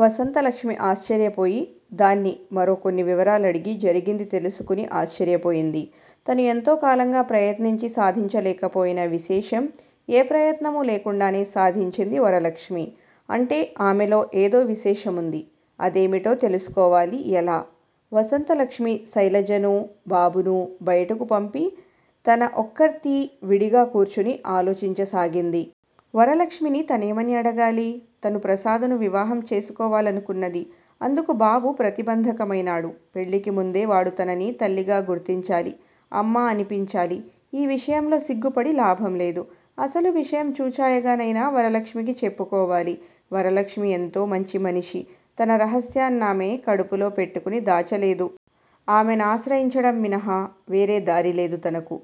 వసంతలక్ష్మి ఆశ్చర్యపోయి దాన్ని మరొకొన్ని వివరాలడిగి జరిగింది తెలుసుకుని ఆశ్చర్యపోయింది. తను ఎంతోకాలంగా ప్రయత్నించి సాధించలేకపోయిన విశేషం ఎ ప్రయత్నమూ లేకుండానే సాధించింది వరలక్ష్మి. అంటే ఆమెలో ఏదోవిశేషముంది. అదేమిటో తెలుసుకోవాలి ఎలా? వసంతలక్ష్మి శైలజనూ, బాబునూ బయటకుపంపి తన ఒక్కర్తీ విడిగా కూర్చుని అలోచించసాగింది. వరలక్ష్మిని తనేమని అడగాలి? తను ప్రసాదును వివాహం చేసుకోవలనుకున్నది. అందుకు బాబు ప్రతిబంధకమైనాడు. పెళ్ళికిముందే వాడు తనని తల్లిగా గుర్తించాలి. అమ్మా అనిపించాలి. ఈ విషయంలో సిగ్గుపడి లాభంలేదు. అసలువిషయం చూచాయగా నైనా వరలక్ష్మికి చెప్పుకోవాలి. వరలక్ష్మి ఎంతో మంచిమనిషి. తన రహస్యన్నామే కడుపులో పెట్టుకుని దాచలేదు. ఆమేనాశ్రయించడం మినహా వేరేదారిలేదు తనకు.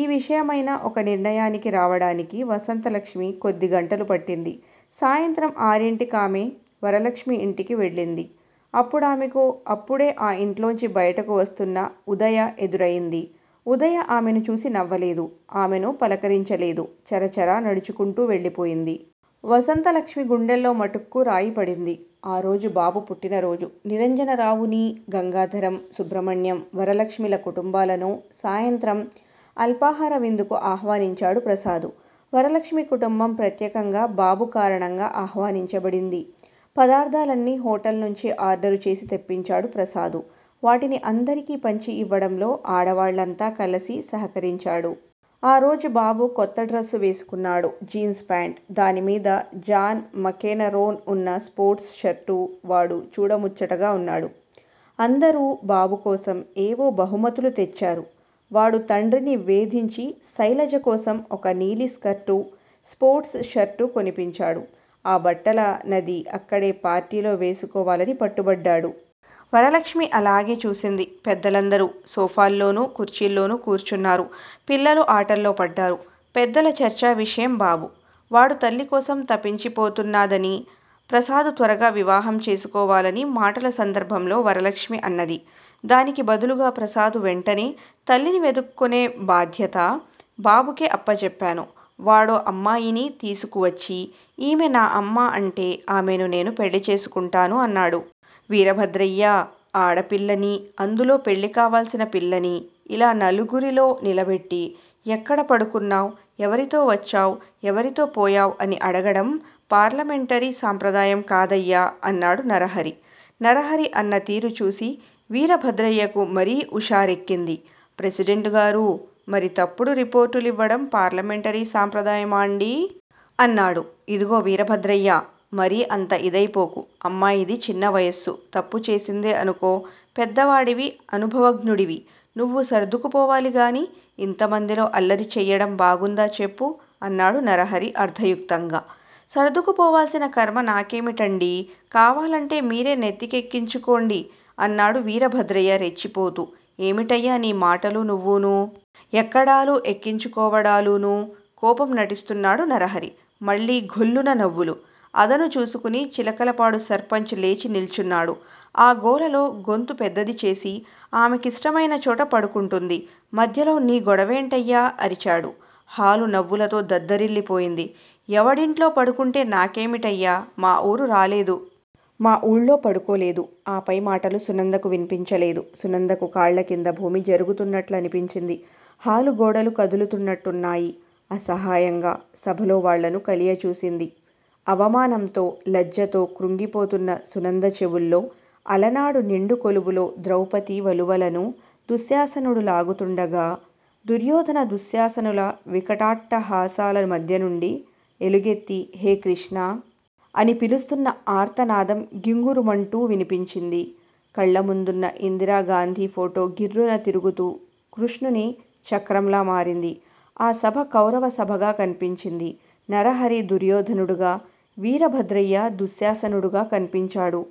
ఈ విషయమైనా ఒక నిర్ణయానికి రావడానికి వసంతలక్ష్మి కొద్దిగంటలు పట్టింది. సాయంత్రం ఆరింటికామే వరలక్ష్మి ఇంటికి వెళ్ళింది. అప్పుడామెకు అప్పుడే ఆ ఇంట్లోంచి బయటకు వస్తున్న ఉదయ ఎదురయింది. ఉదయ ఆమెనుచూసి నవ్వలేదు. ఆమెను పలకరించలేదు. చరచరా నడుచుకుంటూ వెళ్ళిపోయింది. వసంతలక్ష్మి గుండెల్లో మటుక్కు రాయిపడింది. ఆరోజు బాబు పుట్టినరోజు. నిరంజనరావునీ, గంగాధరం, సుబ్రహ్మణ్యం, వరలక్ష్మి ల కుటుంబాలనూ సాయంత్రం అల్పాహారవిందుకు ఆహ్వానించాడు ప్రసాదు. వరలక్ష్మి కుటుంబం ప్రత్యేకంగా బాబు కారణంగా ఆహ్వానించబడింది. పదార్ధాలన్నీ హొటల్నుంచి ఆర్డరుచేసి తెప్పించాడు ప్రసాదు. వాటిని అందరికీ పంచి ఇవ్వడంలో ఆడవాళ్ళంతా కలసి సహకరించాడు. ఆరోజు బాబు కొత్తడ్రస్సు వేసుకున్నాడు. Jeans pant. దానిమీద జాన్ మకేనరోన్ ఉన్న స్పోర్ట్స్ షర్టు వాడు చూడముచ్చటగా వున్నాడు. అందరూ బాబుకోసం ఏవో బహుమతులుతెచ్చారు. వాడు తండ్రిని వేధించి శైలజకోసం ఒకనీలి స్కర్టు, స్పోర్ట్స్ షర్టు కొనిపించాడు. ఆ బట్టల నది అక్కడే పార్టీలో వేసుకోవాలని పట్టుబట్టాడు. వరలక్ష్మి అలాగే చూసింది. పెద్దలందరూ సోఫాల్లోనూ, కుర్చీల్లోనూ కూర్చున్నారు. పిల్లలు ఆటల్లోపడ్డారు. పెద్దల చర్చావిషయం బాబు. వాడుతల్లికోసం తపించిపోతున్నాదనీ ప్రసాదు త్వరగా విఇవాహం చేసుకోవాలనీ మాటల సందర్భంలో వరలక్ష్మి అన్నది. దానికి బదులుగా ప్రసాదు వెంటనే తల్లిని వెదుక్కునే బాధ్యత బాబుకే అప్పజెప్పాను. వాడో అమ్మాయిని తీసుకువచ్చి ఈమె నా అమ్మ అంటే ఆమెను నేను పెళ్ళిచేసుకుంటాను అన్నాడు. వీరభద్రయ్యా! ఆడపిల్లనీ, అందులో పెళ్ళికావాల్సిన పిల్లనీ, ఇలా నలుగురిలో నిలబెట్టి, ఎక్కడ పడుకున్నావ్. ఎవరితో వచ్చావ్ ఎవరితో పోయావ్ అని అడగడం పార్లమెంటరీ సాంప్రదాయం కాదయ్యా! అన్నాడు నరహరి. నరహరి అన్నతీరుచూసి వీరభద్రయ్యకు మరీ ఉషారెక్కింది. ప్రెసిడెంటుగారూ! మరి తప్పుడు రిపోర్టు లివ్వడం పార్లమెంటరీ సాంప్రదాయమాండీ? అన్నాడు. ఇదిగో వీరభద్రయ్యా! మరీ అంత ఇదైపోకు! అమ్మాయిది చిన్నవయస్సు తప్పుచేసిందే అనుకో పెద్దవాడివి అనుభవజ్ఞుడివి, నువ్వు సర్దుకుపోవాలిగాని ఇంతమందిలో అల్లరి చెయ్యడం బాగుందా చెప్పు? అన్నాడు నరహరి అర్ధయుక్తంగా. సర్దుకుపోవాల్సిన కర్మ నాకేమిటండీ? కావాలంటే మీరే నెత్తి కెక్కించుకోండి! అన్నాడు వీరభద్రయ్య రెచ్చిపోతూ. ఏమిటయ్యా నీ మాటలు నువ్వూనూ. ఎక్కడాలూ ఎక్కించుకోవడాలూనూ? కోపం నటిస్తున్నాడు నరహరి. మళ్ళీ ఘొల్లున నవ్వులు. అదను చూసుకొని చిలకలపాడు సర్పంచ్ లేచి నిల్చున్నాడు. ఆ గోలలో గొంతు పెద్దదిచేసి ఆమెకిష్టమైనచోట పడుకుంటుంది. మధ్యలో నీ గొడవేంటయ్యా అరిచాడు. హాలు నవ్వులతో దద్దరిల్లిపోయింది. ఎవడింట్లో పడుకుంటే నాకేమిటయ్యా! మా ఊరు రాలేదు. మా ఊళ్ళో పడుకోలేదు. ఆ పై మాటలు సునందకు విన్పించలేదు. సునందకు కాళ్ళకింద భూమి జరుగుతున్నట్లనిపించింది. హాలుగోడలు కదులుతున్నట్టున్నాయి. అసహాయంగా సభలోవాళ్ళను కలియచూసింది. అవమానంతో, లజ్జతో కృంగిపోతున్న సునంద చెవుల్లో, అలనాడు నిండు కొలువులో ద్రౌపతి వలువలను దుశ్శాసనుడు లాగుతుండగా, దుర్యోధన దుశ్శాసనుల వికటాట్టహాసాల మధ్యనుండి ఎలుగెత్తి హే కృష్ణా! అని పిలుస్తున్న ఆర్తనాదం గింగురుమంటూ విన్పించింది. కళ్ళముందున్న ఇందిరాగాంధీ ఫోటో గిర్రున తిరుగుతూ కృష్ణుని చక్రంలా మారింది. ఆ సభ కౌరవ సభగా కన్పించింది. నరహరి దుర్యోధనుడుగా, వీరభద్రయ్య దుశ్శాసనుడుగా కన్పించాడు